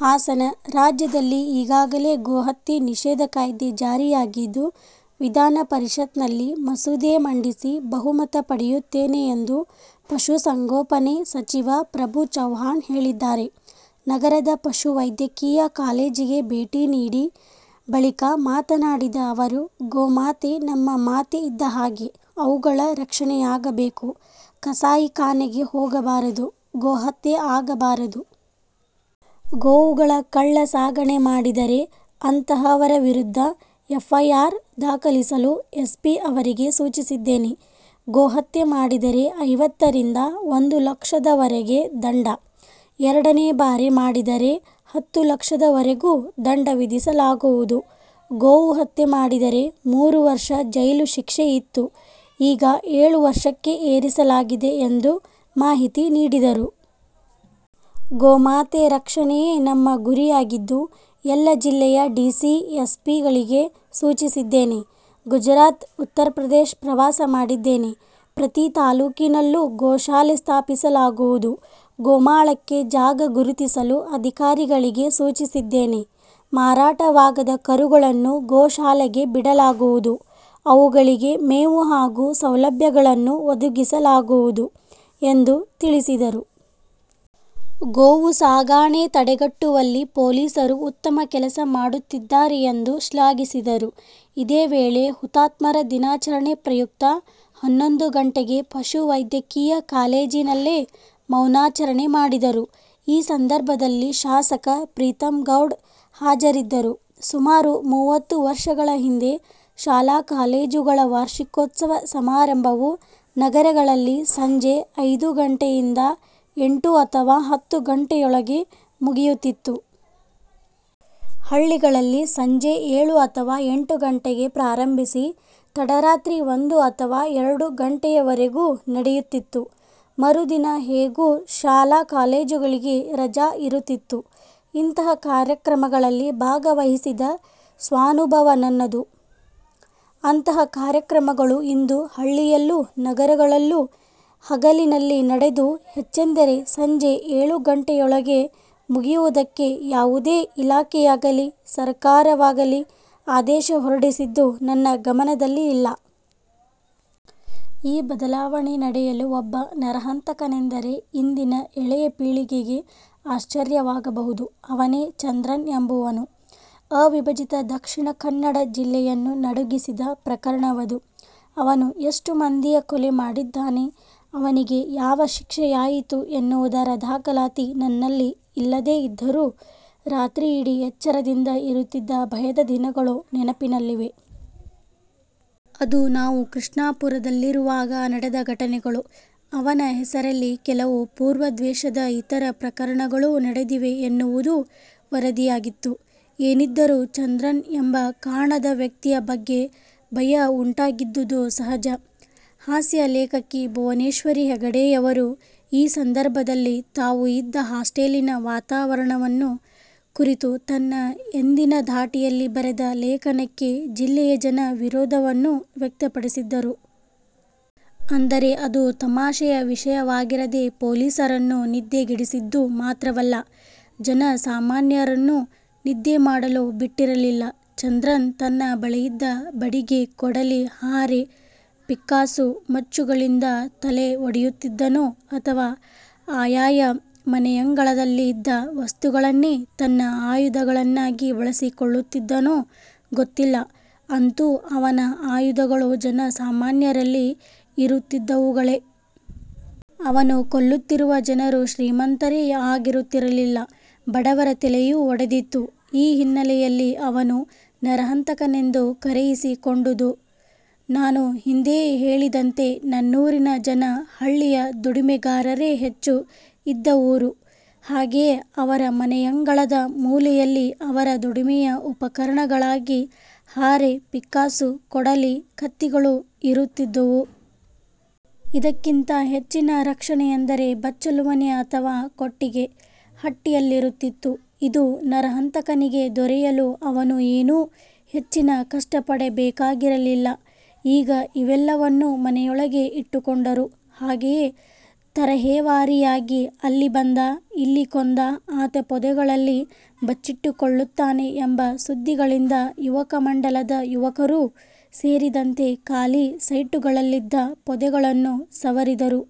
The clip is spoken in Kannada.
ಹಾಸನ: ರಾಜ್ಯದಲ್ಲಿ ಈಗಾಗಲೇ ಗೋಹತ್ಯೆ ನಿಷೇಧ ಕಾಯ್ದೆ ಜಾರಿಯಾಗಿದ್ದು, ವಿಧಾನ ಪರಿಷತ್ ನಲ್ಲಿ ಮಸೂದೆ ಮಂಡಿಸಿ ಬಹುಮತ ಪಡೆಯುತ್ತೇನೆ ಎಂದು ಪಶುಸಂಗೋಪನೆ ಸಚಿವ ಫ್ರಭುಚೌವ್ಹಾಣ್ ಹೇಳಿದ್ದಾರೆ. ನಗರದ ಪಶುವೈದ್ಯಕೀಯ ಕಾಲೇಜಿಗೆ ಭೇಟಿ ನೀಡಿ ಬಳಿಕ ಮಾತನಾಡಿದ ಅವರು, ಗೋಮಾತೆ ನಮ್ಮ ಮಾತೆ ಇದ್ದಹಾಗೆ ಅವುಗಳ ರಕ್ಷಣೆಯಾಗಬೇಕು, ಕಸಾಯಿಖಾನೆಗೆ ಹೋಗಬಾರದು, ಗೋಹತ್ಯೆ ಆಗಬಾರದು. ಗೋವುಗಳ ಕಳ್ಳ ಸಾಗಣೆ ಮಾಡಿದರೆ ಅಂತಹವರ ವಿರುದ್ಧ ಎಫ್ಐಆರ್ ದಾಖಲಿಸಲು ಎಸ್ಪಿ ಅವರಿಗೆ ಸೂಚಿಸಿದ್ದೇನೆ. ಗೋಹತ್ಯೆ ಮಾಡಿದರೆ ಐವತ್ತರಿಂದ ಒಂದು ಲಕ್ಷದವರೆಗೆ ದಂಡ, ಎರಡನೇ ಬಾರಿ ಮಾಡಿದರೆ ಹತ್ತು ಲಕ್ಷದವರೆಗೂ ದಂಡ ವಿಧಿಸಲಾಗುವುದು. ಗೋವು ಹತ್ಯೆ ಮಾಡಿದರೆ ಮೂರು ವರ್ಷ ಜೈಲು ಶಿಕ್ಷೆ ಇತ್ತು ಈಗ ಏಳು ವರ್ಷಕ್ಕೆ ಏರಿಸಲಾಗಿದೆ ಎಂದು ಮಾಹಿತಿ ನೀಡಿದರು. ಗೋಮಾತೆ ರಕ್ಷಣೆಯೇ ನಮ್ಮ ಗುರಿಯಾಗಿದ್ದು, ಎಲ್ಲ ಜಿಲ್ಲೆಯ ಡಿಸಿ, ಎಸ್ಪಿ ಗಳಿಗೆ ಸೂಚಿಸಿದ್ದೇನೆ. ಗುಜರಾತ್, ಉತ್ತರಪ್ರದೇಶ ಪ್ರವಾಸ ಮಾಡಿದ್ದೇನೆ. ಪ್ರತಿ ತಾಲೂಕಿನಲ್ಲೂ ಗೋಶಾಲೆ ಸ್ಥಾಪಿಸಲಾಗುವುದು, ಗೋಮಾಳಕ್ಕೆ ಜಾಗ ಗುರುತಿಸಲು ಅಧಿಕಾರಿಗಳಿಗೆ ಸೂಚಿಸಿದ್ದೇನೆ, ಮಾರಾಟವಾಗದ ಕರುಗಳನ್ನು ಗೋಶಾಲೆಗೆ ಬಿಡಲಾಗುವುದು, ಅವುಗಳಿಗೆ ಮೇವು ಹಾಗೂ ಸೌಲಭ್ಯಗಳನ್ನು ಒದಗಿಸಲಾಗುವುದು ಎಂದು ತಿಳಿಸಿದರು. ಗೋವು ಸಾಗಾಣೆ ತಡೆಗಟ್ಟುವಲ್ಲಿ ಪೊಲೀಸರು ಉತ್ತಮ ಕೆಲಸ ಮಾಡುತ್ತಿದ್ದಾರೆ ಎಂದು ಶ್ಲಾಘಿಸಿದರು. ಇದೇ ವೇಳೆ ಹುತಾತ್ಮರ ದಿನಾಚರಣೆ ಪ್ರಯುಕ್ತ ಹನ್ನೊಂದು ಗಂಟೆಗೆ ಪಶುವೈದ್ಯಕೀಯ ಕಾಲೇಜಿನಲ್ಲೇ ಮೌನಾಚರಣೆ ಮಾಡಿದರು. ಈ ಸಂದರ್ಭದಲ್ಲಿ ಶಾಸಕ ಪ್ರೀತಂಗೌಡ ಹಾಜರಿದ್ದರು. ಸುಮಾರು ಮೂವತ್ತು ವರ್ಷಗಳ ಹಿಂದೆ ಶಾಲಾ ಕಾಲೇಜುಗಳ ವಾರ್ಷಿಕೋತ್ಸವ ಸಮಾರಂಭವು ನಗರಗಳಲ್ಲಿ ಸಂಜೆ ಐದು ಗಂಟೆಯಿಂದ ಎಂಟು ಅಥವಾ ಹತ್ತು ಗಂಟೆಯೊಳಗೆ ಮುಗಿಯುತ್ತಿತ್ತು. ಹಳ್ಳಿಗಳಲ್ಲಿ ಸಂಜೆ ಏಳು ಅಥವಾ ಎಂಟು ಗಂಟೆಗೆ ಪ್ರಾರಂಭಿಸಿ ತಡರಾತ್ರಿ ಒಂದು ಅಥವಾ ಎರಡು ಗಂಟೆಯವರೆಗೂ ನಡೆಯುತ್ತಿತ್ತು. ಮರುದಿನ ಹೇಗೂ ಶಾಲಾ ಕಾಲೇಜುಗಳಿಗೆ ರಜಾ ಇರುತ್ತಿತ್ತು. ಇಂತಹ ಕಾರ್ಯಕ್ರಮಗಳಲ್ಲಿ ಭಾಗವಹಿಸಿದ ಸ್ವಾನುಭವ ನನ್ನದು. ಅಂತಹ ಕಾರ್ಯಕ್ರಮಗಳು ಇಂದು ಹಳ್ಳಿಯಲ್ಲೂ ನಗರಗಳಲ್ಲೂ ಹಗಲಿನಲ್ಲಿ ನಡೆದು ಹೆಚ್ಚೆಂದರೆ ಸಂಜೆ ಏಳು ಗಂಟೆಯೊಳಗೆ ಮುಗಿಯುವುದಕ್ಕೆ ಯಾವುದೇ ಇಲಾಖೆಯಾಗಲಿ, ಸರಕಾರವಾಗಲಿ ಆದೇಶ ಹೊರಡಿಸಿದ್ದು ನನ್ನ ಗಮನದಲ್ಲಿ ಇಲ್ಲ. ಈ ಬದಲಾವಣೆ ನಡೆಯಲು ಒಬ್ಬ ನರಹಂತಕನೆಂದರೆ ಇಂದಿನ ಎಳೆಯ ಪೀಳಿಗೆಗೆ ಆಶ್ಚರ್ಯವಾಗಬಹುದು. ಅವನೇ ಚಂದ್ರನ್ ಎಂಬವನು. ಅವಿಭಜಿತ ದಕ್ಷಿಣ ಕನ್ನಡ ಜಿಲ್ಲೆಯನ್ನು ನಡುಗಿಸಿದ ಪ್ರಕರಣವದು. ಅವನು ಎಷ್ಟು ಮಂದಿಯ ಕೊಲೆ ಮಾಡಿದ್ದಾನೆ, ಅವನಿಗೆ ಯಾವ ಶಿಕ್ಷೆಯಾಯಿತು ಎನ್ನುವುದರ ದಾಖಲಾತಿ ನನ್ನಲ್ಲಿ ಇಲ್ಲದೆ ಇದ್ದರೂ ರಾತ್ರಿಯಿಡೀ ಎಚ್ಚರದಿಂದ ಇರುತ್ತಿದ್ದ ಭಯದ ದಿನಗಳು ನೆನಪಿನಲ್ಲಿವೆ. ಅದು ನಾವು ಕೃಷ್ಣಾಪುರದಲ್ಲಿರುವಾಗ ನಡೆದ ಘಟನೆಗಳು. ಅವನ ಹೆಸರಲ್ಲಿ ಕೆಲವು ಪೂರ್ವದ್ವೇಷದ ಇತರ ಪ್ರಕರಣಗಳೂ ನಡೆದಿವೆ ಎನ್ನುವುದೂ ವರದಿಯಾಗಿತ್ತು. ಏನಿದ್ದರೂ ಚಂದ್ರನ್ ಎಂಬ ಕಾಣದ ವ್ಯಕ್ತಿಯ ಬಗ್ಗೆ ಭಯ ಉಂಟಾಗಿದ್ದುದು ಸಹಜ. ಹಾಸ್ಯ ಲೇಖಕಿ ಭುವನೇಶ್ವರಿ ಹೆಗಡೆಯವರು ಈ ಸಂದರ್ಭದಲ್ಲಿ ತಾವು ಇದ್ದ ಹಾಸ್ಟೆಲಿನ ವಾತಾವರಣವನ್ನು ಕುರಿತು ತನ್ನ ಎಂದಿನ ಧಾಟಿಯಲ್ಲಿ ಬರೆದ ಲೇಖನಕ್ಕೆ ಜಿಲ್ಲೆಯ ಜನ ವಿರೋಧವನ್ನೂ ವ್ಯಕ್ತಪಡಿಸಿದ್ದರು. ಅಂದರೆ ಅದು ತಮಾಷೆಯ ವಿಷಯವಾಗಿರದೆ ಪೊಲೀಸರನ್ನು ನಿದ್ದೆಗೆಡಿಸಿದ್ದು ಮಾತ್ರವಲ್ಲ, ಜನ ಸಾಮಾನ್ಯರನ್ನೂ ನಿದ್ದೆ ಮಾಡಲು ಬಿಟ್ಟಿರಲಿಲ್ಲ. ಚಂದ್ರನ್ ತನ್ನ ಬಳಿಯಿದ್ದ ಬಡಿಗೆ, ಕೊಡಲಿ, ಹಾರೆ, ಪಿಕ್ಕಾಸು, ಮಚ್ಚುಗಳಿಂದ ತಲೆ ಒಡೆಯುತ್ತಿದ್ದನೋ ಅಥವಾ ಆಯಾಯ ಮನೆಯಂಗಳದಲ್ಲಿ ಇದ್ದ ವಸ್ತುಗಳನ್ನೇ ತನ್ನ ಆಯುಧಗಳನ್ನಾಗಿ ಬಳಸಿಕೊಳ್ಳುತ್ತಿದ್ದನೋ ಗೊತ್ತಿಲ್ಲ. ಅಂತೂ ಅವನ ಆಯುಧಗಳು ಜನ ಸಾಮಾನ್ಯರಲ್ಲಿ ಇರುತ್ತಿದ್ದವುಗಳೇ. ಅವನು ಕೊಲ್ಲುತ್ತಿರುವ ಜನರು ಶ್ರೀಮಂತರೇ ಆಗಿರುತ್ತಿರಲಿಲ್ಲ, ಬಡವರ ತಲೆಯೂ ಒಡೆದಿತ್ತು. ಈ ಹಿನ್ನೆಲೆಯಲ್ಲಿ ಅವನು ನರಹಂತಕನೆಂದು ಕರೆಯಿಸಿಕೊಂಡುದು. ನಾನು ಹಿಂದೆಯೇ ಹೇಳಿದಂತೆ ನನ್ನೂರಿನ ಜನ ಹಳ್ಳಿಯ ದುಡಿಮೆಗಾರರೇ ಹೆಚ್ಚು ಇದ್ದ ಊರು. ಹಾಗೆಯೇ ಅವರ ಮನೆಯಂಗಳದ ಮೂಲೆಯಲ್ಲಿ ಅವರ ದುಡಿಮೆಯ ಉಪಕರಣಗಳಾಗಿ ಹಾರೆ, ಪಿಕ್ಕಾಸು, ಕೊಡಲಿ, ಕತ್ತಿಗಳು ಇರುತ್ತಿದ್ದುವು. ಇದಕ್ಕಿಂತ ಹೆಚ್ಚಿನ ರಕ್ಷಣೆ ಎಂದರೆ ಬಚ್ಚಲು ಮನೆ ಅಥವಾ ಕೊಟ್ಟಿಗೆ, ಹಟ್ಟಿಯಲ್ಲಿರುತ್ತಿತ್ತು. ಇದು ನರಹಂತಕನಿಗೆ ದೊರೆಯಲು ಅವನು ಏನೂ ಹೆಚ್ಚಿನ ಕಷ್ಟಪಡಬೇಕಾಗಿರಲಿಲ್ಲ. ಈಗ ಇವೆಲ್ಲವನ್ನೂ ಮನೆಯೊಳಗೆ ಇಟ್ಟುಕೊಂಡರು. ಹಾಗೆಯೇ ತರಹೇವಾರಿಯಾಗಿ ಅಲ್ಲಿ ಬಂದ, ಇಲ್ಲಿ ಕೊಂದ, ಆತ ಪೊದೆಗಳಲ್ಲಿ ಬಚ್ಚಿಟ್ಟುಕೊಳ್ಳುತ್ತಾನೆ ಎಂಬ ಸುದ್ದಿಗಳಿಂದ ಯುವಕ ಮಂಡಲದ ಯುವಕರೂ ಸೇರಿದಂತೆ ಖಾಲಿ ಸೈಟುಗಳಲ್ಲಿದ್ದ ಪೊದೆಗಳನ್ನು ಸವರಿದರು.